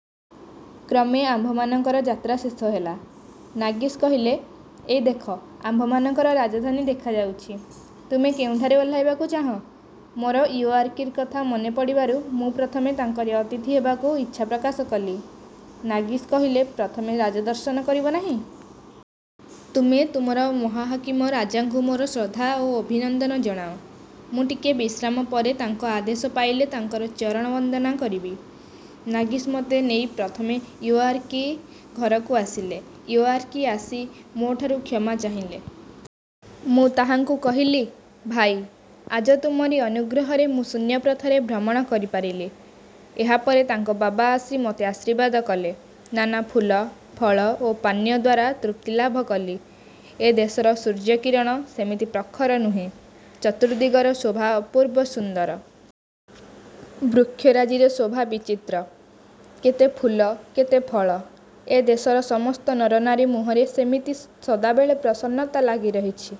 '' କ୍ରମେ ଆମ୍ଭମାନଙ୍କର ଯାତ୍ରା ଶେଷ ହେଲା। ନାସିଗ୍ କହିଲେ, ''ଏଇ ଦେଖ ଆମ୍ଭମାନଙ୍କ ରାଜଧାନୀ ଦେଖାଯାଉଛି। ତୁମେ କେଉଁଠାରେ ଓହ୍ଲାଇବାକୁ ଚାହଁ। '' ମୋର ଇଉଓୟାରକିର କଥା ମନେପଡ଼ିବାରୁ ମୁଁ ପ୍ରଥମେ ତାଙ୍କରି ଅତିଥି ହେବାକୁ ଇଚ୍ଛା ପ୍ରକାଶ କଲି। ନାସିଗ୍ କହିଲେ, ''ପ୍ରଥମେ ରାଜଦର୍ଶନ କରିବ ନାହିଁ? '' ତୁମେ ତୁମର ମହାମହିମ ରାଜାଙ୍କୁ ମୋର ଶ୍ରଦ୍ଧା ଓ ଅଭିନନ୍ଦନ ଜଣାଅ। ମୁଁ ଟିକିଏ ବିଶ୍ରାମ ପରେ ତାଙ୍କର ଆଦେଶ ପାଇଲେ ତାଙ୍କର ଚରଣ ବନ୍ଦନା କରିବି। ନାସିଗ୍ ମୋତେ ନେଇ ପ୍ରଥମେ ଇଉଓୟାରକି ଘରକୁ ଆସିଲେ। ଇଉଓୟାରକି ଆସି ମୋ'ଠାରୁ କ୍ଷମା ଚାହିଁଲେ। ମୁଁ ତାହାଙ୍କୁ କହିଲି, ''ଭାଇ, ଆଜ ତୁମରି ଅନୁଗ୍ରହରେ ମୁଁ ଶୂନ୍ୟପଥରେ ଭ୍ରମଣ କରିପାରିଲି। '' ଏହାପରେ ତାଙ୍କ ବାବା ଆସି ମୋତେ ଆଶୀର୍ବାଦ କଲେ। ନାନା ଫୁଲ, ଫଳ ଓ ପାନୀୟଦ୍ୱାରା ତୃପ୍ତିଲାଭ କଲି। ଏ ଦେଶର ସୂର୍ଯ୍ୟକିରଣ ସେମିତି ପ୍ରଖର ନୁହେଁ। ଚତୁର୍ଦ୍ଦିଗର ଶୋଭା ଅପୂର୍ବ ସୁନ୍ଦର। ବୃକ୍ଷରାଜିର ଶୋଭା ବିଚିତ୍ର, କେତେ ଫୁଲ କେତେ ଫଳ। ଏ ଦେଶର ସମସ୍ତ ନରନାରୀ ମୁହଁରେ ଯେମିତି ସଦାବେଳେ ପ୍ରସନ୍ନତା ଲାଗି ରହିଛି।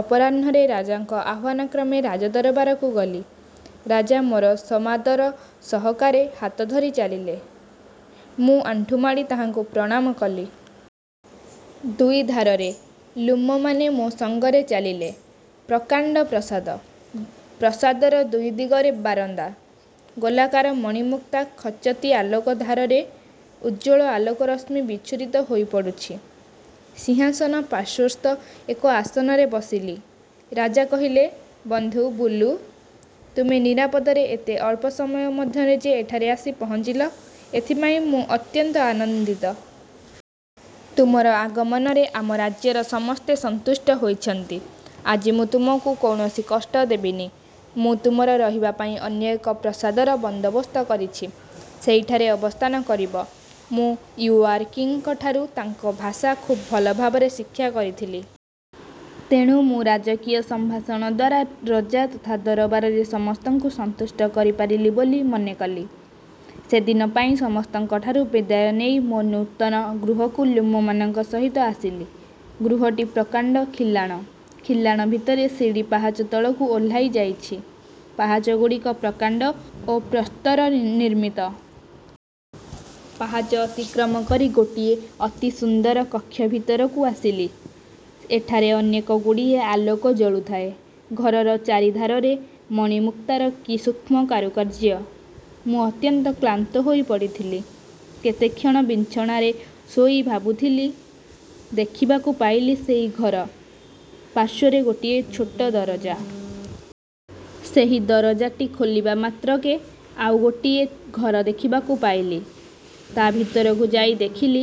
ଅପରାହ୍ନରେ ରାଜାଙ୍କ ଆହ୍ୱାନ କ୍ରମେ ରାଜଦରବାରକୁ ଗଲି। ରାଜା ମୋର ସମାଦର ସହକାରେ ହାତ ଧରି ଚାଲିଲେ। ମୁଁ ଆଣ୍ଠୁମାଡ଼ି ତାହାଙ୍କୁ ପ୍ରଣାମ କଲି। ଦୁଇଧାରରେ ଲ୍ଲୁମମାନେ ମୋ ସଙ୍ଗରେ ଚାଲିଲେ। ପ୍ରକାଣ୍ଡ ପ୍ରାସାଦ। ପ୍ରାସାଦର ଦୁଇ ଦିଗରେ ବାରନ୍ଦା। ଗୋଲାକାର ମଣିମୁକ୍ତା ଖଚତି ଆଲୋକ ଧାରରେ ଉଜ୍ଜ୍ୱଳ ଆଲୋକ ରଶ୍ମି ବିଚ୍ଛୁରିତ ହୋଇପଡ଼ୁଛି। ସିଂହାସନ ପାର୍ଶ୍ୱସ୍ଥ ଏକ ଆସନରେ ବସିଲି। ରାଜା କହିଲେ, ''ବନ୍ଧୁ ବୁଲୁ! ତୁମେ ନିରାପଦରେ ଏତେ ଅଳ୍ପ ସମୟ ମଧ୍ୟରେ ଯେ ଏଠାରେ ଆସି ପହଞ୍ଚିଲ, ଏଥିପାଇଁ ମୁଁ ଅତ୍ୟନ୍ତ ଆନନ୍ଦିତ। ତୁମର ଆଗମନରେ ଆମ ରାଜ୍ୟର ସମସ୍ତେ ସନ୍ତୁଷ୍ଟ ହୋଇଛନ୍ତି। ଆଜି ମୁଁ ତୁମକୁ କୌଣସି କଷ୍ଟ ଦେବିନି। ମୁଁ ତୁମର ରହିବାପାଇଁ ଅନ୍ୟ ଏକ ପ୍ରାସାଦର ବନ୍ଦୋବସ୍ତ କରିଛି ସେହିଠାରେ ଅବସ୍ଥାନ କରିବ। ମୁଁ ଇଉଓୟାରକିଙ୍କ ଠାରୁ ତାଙ୍କ ଭାଷା ଖୁବ୍ ଭଲଭାବରେ ଶିକ୍ଷା କରିଥିଲି। ତେଣୁ ମୁଁ ରାଜକୀୟ ସମ୍ଭାଷଣଦ୍ୱାରା ରଜା ତଥା ଦରବାରରେ ସମସ୍ତଙ୍କୁ ସନ୍ତୁଷ୍ଟ କରିପାରିଲି ବୋଲି ମନେକଲି। ସେଦିନ ପାଇଁ ସମସ୍ତଙ୍କଠାରୁ ବିଦାୟ ନେଇ ମୋ ନୂତନ ଗୃହକୁ ଲ୍ଲୁମମାନଙ୍କ ସହିତ ଆସିଲି। ଗୃହଟି ପ୍ରକାଣ୍ଡ ଖିଲାଣ। ଖିଲାଣ ଭିତରେ ସିଡ଼ି ପାହାଚ ତଳକୁ ଓହ୍ଲାଇଯାଇଛି। ପାହାଚଗୁଡ଼ିକ ପ୍ରକାଣ୍ଡ ଓ ପ୍ରସ୍ତର ନିର୍ମିତ। ପାହାଚ ଅତିକ୍ରମ କରି ଗୋଟିଏ ଅତି ସୁନ୍ଦର କକ୍ଷ ଭିତରକୁ ଆସିଲି। ଏଠାରେ ଅନେକଗୁଡ଼ିଏ ଆଲୋକ ଜଳୁଥାଏ। ଘରର ଚାରିଧାରରେ ମଣିମୁକ୍ତାର କି ସୂକ୍ଷ୍ମ କାରୁକାର୍ଯ୍ୟ। ମୁଁ ଅତ୍ୟନ୍ତ କ୍ଳାନ୍ତ ହୋଇପଡ଼ିଥିଲି। କେତେକ୍ଷଣ ବିଛଣାରେ ଶୋଇ ବି ଭାବୁଥିଲି। ଦେଖିବାକୁ ପାଇଲି ସେହି ଘର ପାର୍ଶ୍ୱରେ ଗୋଟିଏ ଛୋଟ ଦରଜା। ସେହି ଦରଜାଟି ଖୋଲିବା ମାତ୍ରକେ ଆଉ ଗୋଟିଏ ଘର ଦେଖିବାକୁ ପାଇଲି। ତା' ଭିତରକୁ ଯାଇ ଦେଖିଲି,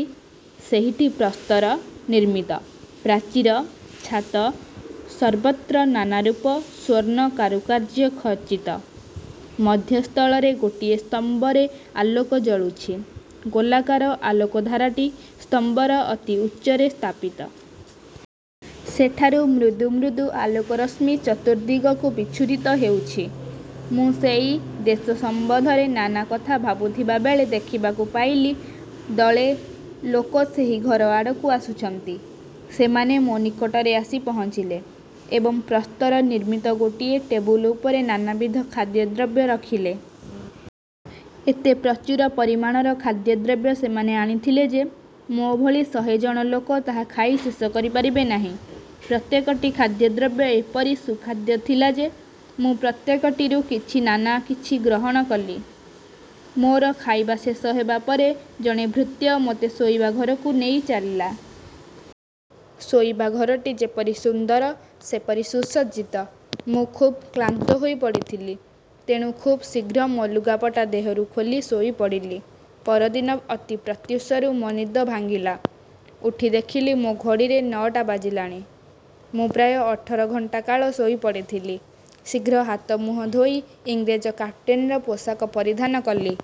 ସେହିଟି ପ୍ରସ୍ତର ନିର୍ମିତ। ପ୍ରାଚୀର, ଛାତ ସର୍ବତ୍ର ନାନାରୂପ ସ୍ୱର୍ଣ୍ଣ କାରୁକାର୍ଯ୍ୟ ଖଚିତ। ମଧ୍ୟସ୍ଥଳରେ ଗୋଟିଏ ସ୍ତମ୍ଭରେ ଆଲୋକ ଜଳୁଛି। ଗୋଲାକାର ଆଲୋକଧାରାଟି ସ୍ତମ୍ଭର ଅତି ଉଚ୍ଚରେ ସ୍ଥାପିତ। ସେଠାରୁ ମୃଦୁ ମୃଦୁ ଆଲୋକ ରଶ୍ମି ଚତୁର୍ଦ୍ଦିଗକୁ ବିଚ୍ଛୁରିତ ହେଉଛି। ମୁଁ ସେଇ ଦେଶ ସମ୍ବନ୍ଧରେ ନାନା କଥା ଭାବୁଥିବାବେଳେ ଦେଖିବାକୁ ପାଇଲି ଦଳେ ଲୋକ ସେହି ଘର ଆଡ଼କୁ ଆସୁଛନ୍ତି। ସେମାନେ ମୋ ନିକଟରେ ଆସି ପହଞ୍ଚିଲେ ଏବଂ ପ୍ରସ୍ତର ନିର୍ମିତ ଗୋଟିଏ ଟେବୁଲ ଉପରେ ନାନାବିଧ ଖାଦ୍ୟଦ୍ରବ୍ୟ ରଖିଲେ। ଏତେ ପ୍ରଚୁର ପରିମାଣର ଖାଦ୍ୟଦ୍ରବ୍ୟ ସେମାନେ ଆଣିଥିଲେ ଯେ, ମୋ'ଭଳି ଶହେ ଜଣ ଲୋକ ତାହା ଖାଇ ଶେଷ କରିପାରିବେ ନାହିଁ। ପ୍ରତ୍ୟେକଟି ଖାଦ୍ୟଦ୍ରବ୍ୟ ଏପରି ସୁଖାଦ୍ୟ ଥିଲା ଯେ, ମୁଁ ପ୍ରତ୍ୟେକଟିରୁ କିଛି ନାନା କିଛି ଗ୍ରହଣ କଲି। ମୋର ଖାଇବା ଶେଷ ହେବା ପରେ ଜଣେ ଭୃତ୍ୟ ମୋତେ ଶୋଇବା ଘରକୁ ନେଇଚାଲିଲା। ଶୋଇବା ଘରଟି ଯେପରି ସୁନ୍ଦର ସେପରି ସୁସଜ୍ଜିତ। ମୁଁ ଖୁବ୍ କ୍ଳାନ୍ତ ହୋଇପଡ଼ିଥିଲି। ତେଣୁ ଖୁବ୍ ଶୀଘ୍ର ମୋ ଲୁଗାପଟା ଦେହରୁ ଖୋଲି ଶୋଇପଡ଼ିଲି। ପରଦିନ ଅତି ପ୍ରତ୍ୟୁଷରୁ ମୋ ନିଦ ଭାଙ୍ଗିଲା। ଉଠି ଦେଖିଲି, ମୋ ଘଡ଼ିରେ ନଅଟା ବାଜିଲାଣି। ମୁଁ ପ୍ରାୟ ଅଠର ଘଣ୍ଟା କାଳ ଶୋଇପଡ଼ିଥିଲି। ଶୀଘ୍ର ହାତ ମୁହଁ ଧୋଇ ଇଂରେଜ କାପ୍ଟେନର ପୋଷାକ ପରିଧାନ କଲି।